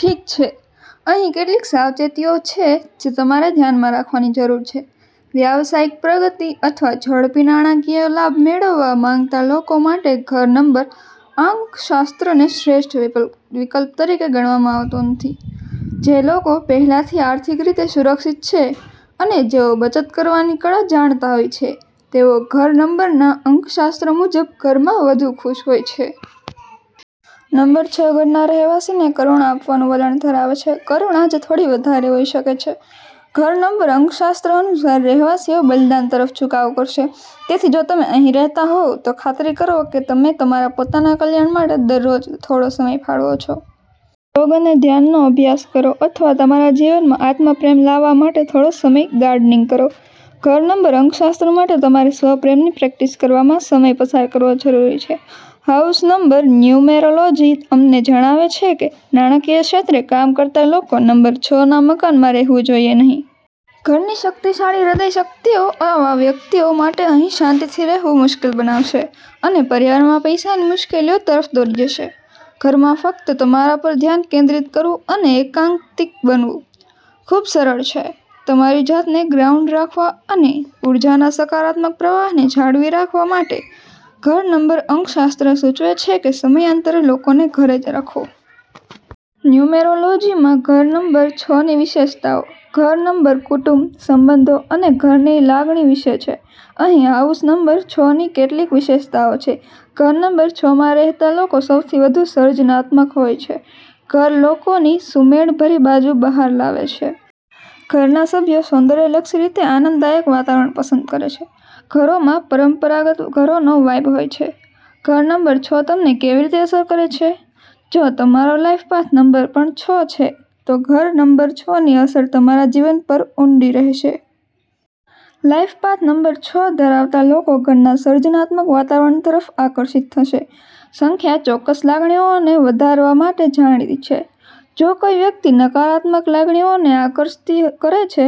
ઠીક છે, અહીં કેટલીક સાવચેતીઓ છે જે તમારે ધ્યાનમાં રાખવાની જરૂર છે. વ્યવસાયિક પ્રગતિ અથવા ઝડપી નાણાકીય લાભ મેળવવા માંગતા લોકો માટે ઘર નંબર અંકશાસ્ત્રને શ્રેષ્ઠ વિકલ્પ તરીકે ગણવામાં આવતો નથી. જે લોકો પહેલાથી આર્થિક રીતે સુરક્ષિત છે અને જેઓ બચત કરવાની કળા જાણતા હોય છે, તેઓ ઘર નંબરના અંકશાસ્ત્ર મુજબ ઘરમાં વધુ ખુશ રહેશે. નંબર છ ઘરના રહેવાસીને કરુણા આપવાનું વલણ ધરાવે છે, કરુણા જે થોડી વધારે હોઈ શકે છે. ઘર નંબર અંકશાસ્ત્ર અનુસાર, રહેવાસીઓ બલિદાન તરફ ઝુકાવ કરશે. તેથી જો તમે અહીં રહેતા હોવ, તો ખાતરી કરો કે તમે તમારા પોતાના કલ્યાણ માટે દરરોજ થોડો સમય ફાળવો છો. યોગ અને ધ્યાનનો અભ્યાસ કરો અથવા તમારા જીવનમાં આત્મ-પ્રેમ લાવવા માટે થોડો સમય ગાર્ડનિંગ કરો. ઘર નંબર અંકશાસ્ત્ર માટે તમારે સ્વ-પ્રેમની પ્રેક્ટિસ કરવામાં સમય પસાર કરવો જરૂરી છે. હાઉસ નંબર ન્યુમેરોલોજી અમને જણાવે છે કે નાણાંકીય ક્ષેત્રે કામ કરતા લોકો નંબર છના મકાનમાં રહેવું જોઈએ નહીં. ઘરની શક્તિશાળી હ્રદય શક્તિઓ આવા વ્યક્તિઓ માટે અહીં શાંતિથી રહેવું મુશ્કેલ બનાવશે, અને પરિવારમાં પૈસાની મુશ્કેલીઓ તરફ દોરી જશે. ઘરમાં ફક્ત તમારા પર ધ્યાન કેન્દ્રિત કરવું અને એકાંતિક બનવું ખૂબ સરળ છે. તમારી જાતને ગ્રાઉન્ડ રાખવા અને ઉર્જાના સકારાત્મક પ્રવાહને જાળવી રાખવા માટે, ઘર નંબર અંકશાસ્ત્ર સૂચવે છે કે સમયાંતરે લોકોને ઘરે રાખો. ન્યુમેરોલોજીમાં ઘર નંબર છની વિશેષતાઓ. ઘર નંબર કુટુંબ, સંબંધો અને ઘરની લાગણી વિશે છે. અહીં હાઉસ નંબર છની કેટલીક વિશેષતાઓ છે. ઘર નંબર છમાં રહેતા લોકો સૌથી વધુ સર્જનાત્મક હોય છે. ઘર લોકોની સુમેળભરી બાજુ બહાર લાવે છે. ઘરના સભ્યો સૌંદર્યલક્ષી રીતે આનંદદાયક વાતાવરણ પસંદ કરે છે. ઘરોમાં પરંપરાગત ઘરોનો વાઇબ હોય છે. ઘર નંબર છ તમને કેવી રીતે અસર કરે છે? જો તમારો લાઈફ પાથ નંબર પણ છ છે તો ઘર નંબર છની અસર તમારા જીવન પર ઊંડી રહેશે. લાઈફ પાથ નંબર છ ધરાવતા લોકો ઘરના સર્જનાત્મક વાતાવરણ તરફ આકર્ષિત થશે. સંખ્યા ચોક્કસ લાગણીઓને વધારવા માટે જાણીતી છે. જો કોઈ વ્યક્તિ નકારાત્મક લાગણીઓને આકર્ષિત કરે છે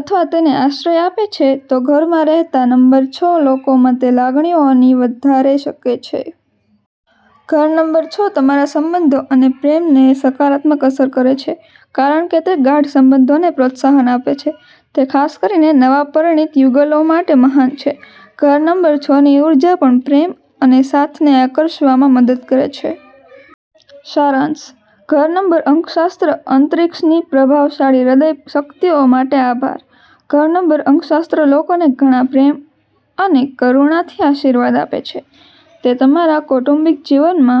અથવા તેને આશ્રય આપે છે, તો ઘરમાં રહેતા, નંબર છ લોકોમાં તે લાગણીઓને વધારી શકે છે. ઘર નંબર છ તમારા સંબંધો અને પ્રેમને સકારાત્મક અસર કરે છે, કારણ કે તે ગાઢ સંબંધોને પ્રોત્સાહન આપે છે. તે ખાસ કરીને નવા પરિણીત યુગલો માટે મહાન છે. ઘર નંબર છની ઉર્જા પણ પ્રેમ અને સાથને આકર્ષવામાં મદદ કરે છે. સારાંશ. ઘર નંબર અંકશાસ્ત્ર અંતરિક્ષની પ્રભાવશાળી હૃદય શક્તિઓ માટે આભાર, ઘર નંબર અંકશાસ્ત્ર લોકોને ઘણા પ્રેમ અને કરુણાથી આશીર્વાદ આપે છે. તે તમારા કૌટુંબિક જીવનમાં